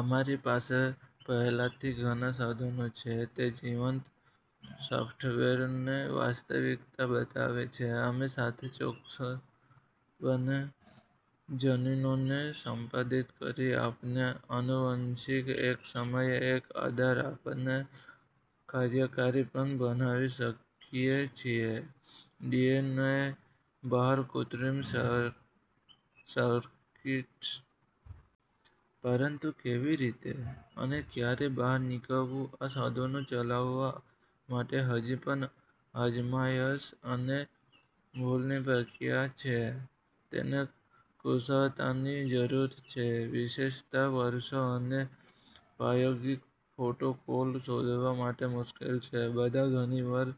અમારી પાસે પહેલાથી ઘણા સાધનો છે તે જીવંત સફ્ટવેરને વાસ્તવિકતા બનાવશે. અમે સાથે ચોક્કસપણે જનીનોને સંપાદિત કરી આપણે આનુવંશિક એક સમયે એક આધાર આપણે કાર્યકારી પણ બનાવી શકીએ છીએ. ડીએનએ બહાર કૃત્રિમ સર્કિટ્સ. પરંતુ કેવી રીતે અને ક્યારે બહાર નીકળવું આ સાધનો ચલાવવા માટે હજી પણ અજમાયશ અને ભૂલની પ્રક્રિયા છે. તેને કુશળતાની જરૂર છે, વિશેષતા વર્ષો અને પ્રાયોગિક પ્રોટોકોલ શોધવા માટે મુશ્કેલ છે. બધા ઘણી વાર,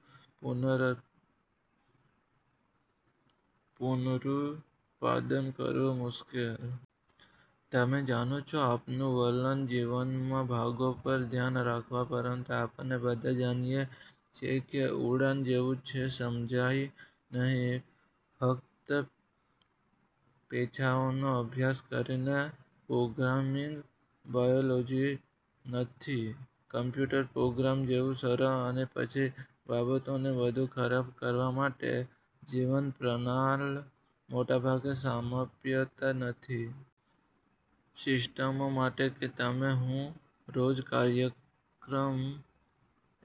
પુનરુત્પાદન કરવું મુશ્કેલ. તમે જાણો છો, આપણું વલણ જીવનમાં ભાગોં પર ઘ્યાન રાખવા, પરંતુ આપણે બધા જાણીએ છીએ કે ઉડાન જેવું છે, સમજાય નહીં. ફક્ત પીછાઓનો અભ્યાસ કરીને. પ્રોગ્રામિંગ બાયોલોજી નથી કમ્પ્યુટર પ્રોગ્રામ જેવુ સરળ અને પછી બાબતોને વધુ ખરાબ કરવા માટે, જીવંતપ્રણાલ મોટાભાગે સામ્યતા નથી. સિસ્ટમો માટે કે તમે, હું રોજ કાર્યક્રમ.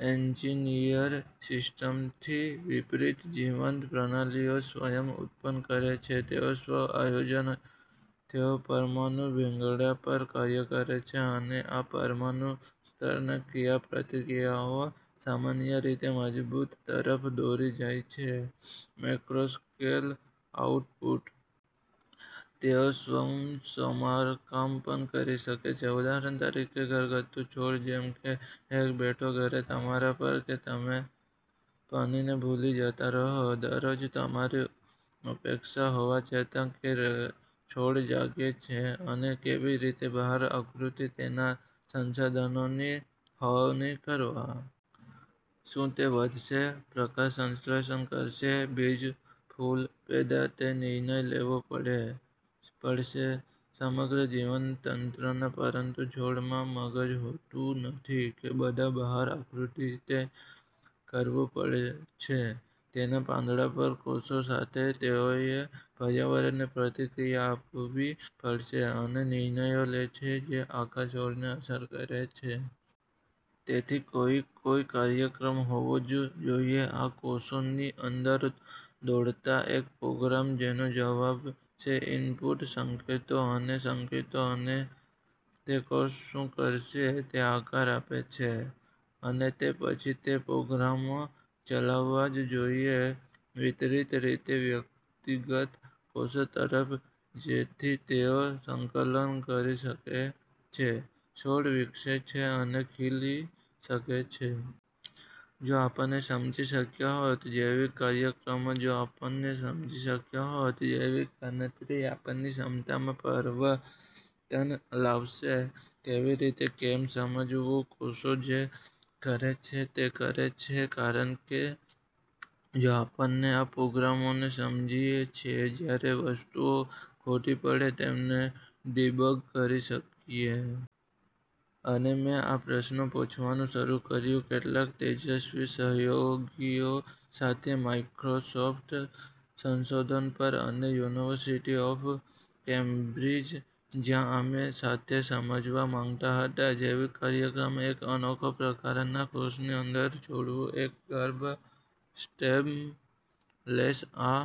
એન્જિનિયર્ડ સિસ્ટમ્સથી વિપરીત, જીવંત પ્રણાલીઓ સ્વયં ઉત્પન્ન કરે છે, તેઓ સ્વ આયોજન, તેઓ પરમાણુ ભીંગડા પર કાર્ય કરે છે. અને આ પરમાણુ સ્તરના ક્રિયાપ્રતિક્રિયાઓ સામાન્ય રીતે મજબૂત તરફ દોરી જાય છે મેક્રોસ્કેલ આઉટપુટ. તેઓ સ્વસમારકામ પણ કરી શકે છે. ઉદાહરણ તરીકે ઘરગથ્થુ છોડ, જેમ કે એક બેઠો ઘરે તમારા પર કે તમે પાણીને ભૂલી જતા રહો. દરરોજ, તમારી ઉપેક્ષા હોવા છતાં, કે છોડ જાગે છે અને કેવી રીતે બહાર આકૃતિ તેના સંસાધનોની ફાળવણી કરવા. શું તે વધશે, પ્રકાશસંશ્લેષણ કરશે, બીજ ફૂલ પેદા, તે નિર્ણય લેવો પડશે સમગ્ર જીવતંત્રના પરંતુ છોડમાં મગજ હોતું નથી કે બધા બહાર આકૃતિ તે કરવું પડશે તેના પાંદડા પર કોષો સાથે. તેઓએ પર્યાવરણને પ્રતિક્રિયા આપવી પડશે અને નિર્ણયો લે છે જે આખા છોડને અસર કરે છે. તેથી કોઈક કોઈ કાર્યક્રમ હોવો જ જોઇએ આ કોષોની અંદર દોડતા, એક પ્રોગ્રામ જેનો જવાબ છે ઇનપુટ સંકેતો અને સંકેતો અને તે કોષ શું કરશે તે આકાર આપે છે. અને તે પછી તે પ્રોગ્રામો ચલાવવા જ જોઇએ વિતરિત રીતે વ્યક્તિગત કોષો તરફ, જેથી તેઓ સંકલન કરી શકે, તે છોડ વિકસે છે અને ખીલી શકે છે. જો આપણે સમજી શક્યા હોત જૈવિક કાર્યક્રમો, જો આપણે સમજી શક્યા હોત જૈવિક ગણતરી, આપણી ક્ષમતામાં પરવર્તન લાવશે કેવી રીતે, કૅમ સમજવું ?કોષો જે કરે છે તે કરે છે. કારણ કે, જો આપણે આ પ્રોગ્રામોને સમજીએ છીએ, જ્યારે વસ્તુઓ ખોટી પડે તેમને ડિબગ કરી શકીએ. અને મેં આ પ્રશ્નો પૂછવાનું શરૂ કર્યું કેટલાક તેજસ્વી સહયોગીઓ સાથે માઈક્રોસોફ્ટ સંશોધન પર અને યુનિવર્સિટી ઓફ કેમ્બ્રિજ, જ્યાં અમે સાથે સમજવા માંગતા હતા જૈવિક કાર્યક્રમ એક અનોખા પ્રકારનાં કોષની અંદર દોડવું: એક ગર્ભ સ્ટેમ સેલ. આ